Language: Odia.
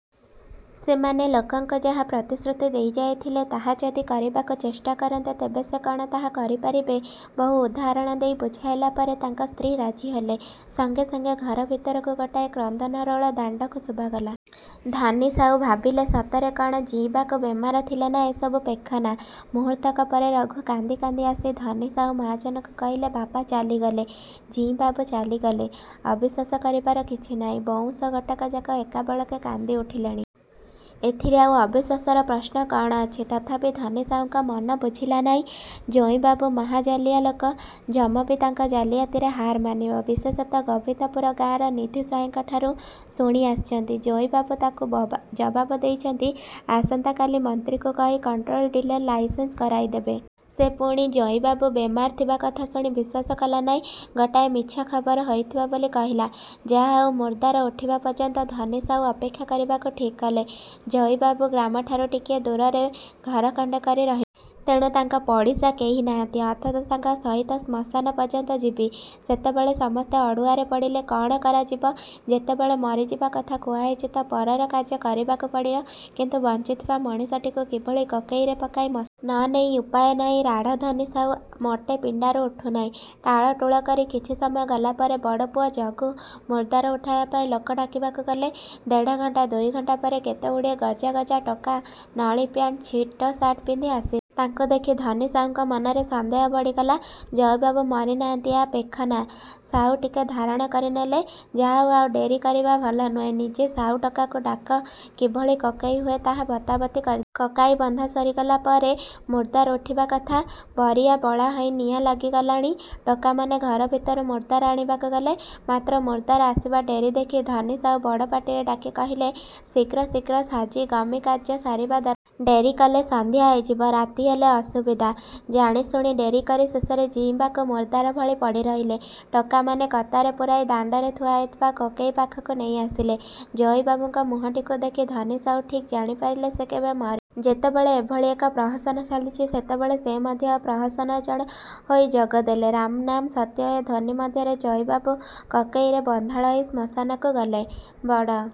ସେମାନେ ଲୋକଙ୍କୁ ଯାହା ପ୍ରତିଶ୍ରୁତି ଦେଇଯାଇଥିଲେ ତାହା ଯଦି କରିବାକୁ ଚେଷ୍ଟା କରନ୍ତେ ତେବେ ସେ କଣ ତାହା କରିପାରିବେ। ବହୁ ଉଦାହରଣ ଦେଇ ବୁଝାଇଲା ପରେ ତାଙ୍କ ସ୍ତ୍ରୀ ରାଜି ହେଲେ। ସଙ୍ଗେ ସଙ୍ଗେ ଘର ଭିତରୁ ଗୋଟାଏ କ୍ରନ୍ଦନ ରୋଳ ଦାଣ୍ଡକୁ ଶୁଭାଗଲା। ଧନି ସାଉ ଭାବିଲେ, ସତରେ କଣ ଜଇବାବୁ ବେମାର ଥିଲେ ନା ଏ ସବୁ ପେଖନା। ମୁହୂର୍ତ୍ତକ ପରେ ରଘୁ କାନ୍ଦି କାନ୍ଦି ଆସି ଧନି ସାଉ ମହାଜନଙ୍କୁ କହିଲା ବାପା ଚାଲିଗଲେ। ଜଇବାବୁ ଚାଲିଗଲେ? ଅବିଶ୍ୱାସ କରିବାର କିଛି ନାହିଁ। ବଉଁଶ ଗୋଟାକଯାକ ଏକାବେଳକେ କାନ୍ଦି ଉଠିଲେଣି-। ଏଥିରେ ଆଉ ଅବିଶ୍ୱାସର ପ୍ରଶ୍ନ କଣ ଅଛି? ତଥାପି ଧନି ସାଉଙ୍କ ମନ ବୁଝିଲା ନାହିଁ, ଜଇବାବୁ ମହା ଜାଲିଆ ଲୋକ ଯମବି ତାଙ୍କ ଜାଲିଆତିରେ ହାର ମାନିବ। ବିଶେଷତଃ ଗୋବିନ୍ଦପୁର ଗାଁର ନିଧି ସ୍ୱାଇଁଙ୍କ ଠାରୁ ଶୁଣି ଆସିଛନ୍ତି-। ଜଇବାବୁ ତାକୁ ଜବାବ ଦେଇଛନ୍ତି ଆସନ୍ତା କାଲି ମନ୍ତ୍ରୀଙ୍କୁ କହି କଣ୍ଟ୍ରୋଲ ଡିଲର ଲାଇସେନ୍ସ କରାଇ ଦେବେ। ସେ ପୁଣି ଜଇବାବୁ ବେମାର ଥିବା କଥା ଶୁଣି ବିଶ୍ୱାସ କଲା ନାହିଁ। ଗୋଟାଏ ମିଛ ଖବର ହୋଇଥିବ ବୋଲି କହିଲା। ଯାହା ହେଉ ମୁର୍ଦ୍ଦାର ଉଠିବା ପର୍ଯ୍ୟନ୍ତ ଧନି ସାଉ ଅପେକ୍ଷା କରିବାକୁ ଠିକ୍ କଲେ। ଜଇବାବୁ ଗ୍ରାମଠାରୁ ଟିକିଏ ଦୂରରେ ଘର ଖଣ୍ଡେ କରି ରହିଛନ୍ତି। ତେଣୁ, ତାଙ୍କ ପଡ଼ିଶା କେହି ନାହାନ୍ତି। ଅନ୍ତତଃ ତାଙ୍କ ସହିତ ଶ୍ମଶାନ ପର୍ଯ୍ୟନ୍ତ ଯିବି। ସେତେବେଳେ ସମସ୍ତେ ଅଡ଼ୁଆରେ ପଡ଼ିଲେ। କଣ କରାଯିବ—ଯେତେବେଳେ ମରିଯିବା କଥା କୁହା ହୋଇଛି ତ ପରର କାର୍ଯ୍ୟ କରିବାକୁ ପଡ଼ିବ। କିନ୍ତୁ ବଞ୍ଚିଥିବା ମଣିଷଟିକୁ କିଭଳି କୋକେଇରେ ପକାଇ ମଶାଣିକୁ ନେବେ। ନ ନେଇ ଉପାୟ ନାହିଁ। ରାଢ଼ ଧନି ସାଉ ମୋଟେ ପିଣ୍ଡାରୁ ଉଠୁ ନାହିଁ। ଟାଳ ଟୁଳ କରି କିଛି ସମୟ ଗଲାପରେ ବଡ଼ପୁଅ ଜଗୁ ମୁର୍ଦ୍ଦାର ଉଠାଇବା ପାଇଁ ଲୋକ ଡାକିବାକୁ ଗଲେ। ଦେଢ଼ଘଣ୍ଟା ଦୁଇଘଣ୍ଟା ପରେ କେତେଗୁଡ଼ିଏ ଗଜା ଗଜା ଟୋକା ନଳି ପ୍ୟାଣ୍ଟ, ଛିଟସାର୍ଟ ପିନ୍ଧି ଆସିଗଲେ। ତାଙ୍କୁ ଦେଖି ଧନିସାଉଙ୍କ ମନରେ ସନ୍ଦେହ ବଢ଼ିଗଲା। ଜଇବାବୁ ମରି ନାହାନ୍ତି ଏହା ପେଖନା। ସାଉ ଠିକ ଧାରଣ କରି ନେଲେ। ଯାହାଦେଉ ଆଉ ଡେରି କରିବା ଭଲ ନୁହେଁ। ନିଜେ ସାଉ ଟୋକାଙ୍କୁ ଡାକ କିଭଳି କୋକେଇ ହୁଏ ତାହା ବତା ବତି କରିଦେଲେ। କୋକେଇ ବନ୍ଧା ସରିଗଲା ପରେ ମୁର୍ଦ୍ଦାର ଉଠିବା କଥା। ବରିଆ ବଳା ହୋଇ ନିଆଁ ଲାଗିଲାଣି। ଟୋକାମାନେ ଘର ଭିତରକୁ ମୁର୍ଦ୍ଦାର ଆଣିବାକୁ ଗଲେ। ମାତ୍ର ମୁର୍ଦ୍ଦାର ଆସିବା ଡେରି ଦେଖି ଧନି ସାଉ ବଡ଼ ପାଟିରେ ଡାକି କହିଲେ, ଶୀଘ୍ର ଶୀଘ୍ର ସାଜି ଗମି କାର୍ଯ୍ୟ ସାରିବା ଦରକାର। ଡେରି କଲେ ସନ୍ଧ୍ୟା ହୋଇଯିବ। ରାତି ହେଲେ ଅସୁବିଧା। ଜାଣି ଶୁଣି ଡେରି କରି ଶେଷରେ ଜଇବାବୁ ମୁର୍ଦ୍ଦାର ଭଳି ପଡ଼ି ରହିଲେ। ଟୋକାମାନେ କତାରେ ପୂରାଇ ଦାଣ୍ଡରେ ଥୁଆ ହୋଇଥିବା କୋକେଇ ପାଖକୁ ନେଇ ଆସିଲେ। ଜଇବାବୁଙ୍କ ମୁହଁଟିକୁ ଦେଖି ଧନି ସାଉ ଠିକ୍ ଜାଣିପାରିଲେ ସେ କେବେ ମରି ନାହାନ୍ତି। ଯେତେବେଳେ ଏଭଳି ଏକ ପ୍ରହସନ ଚାଲିଛି ସେତେବେଳେ ସେ ମଧ୍ୟ ଏ ପ୍ରହସନରେ ଜଣେ ହୋଇ ଯୋଗ ଦେଲେ। ରାମ ନାମ ସତ୍ୟ ହେ ଧ୍ୱନୀ ମଧ୍ୟରେ ଜଇବାବୁ କୋକେଇରେ ବନ୍ଧାଳ ହୋଇ ଶ୍ମଶାନକୁ ଗଲେ। ବଡ଼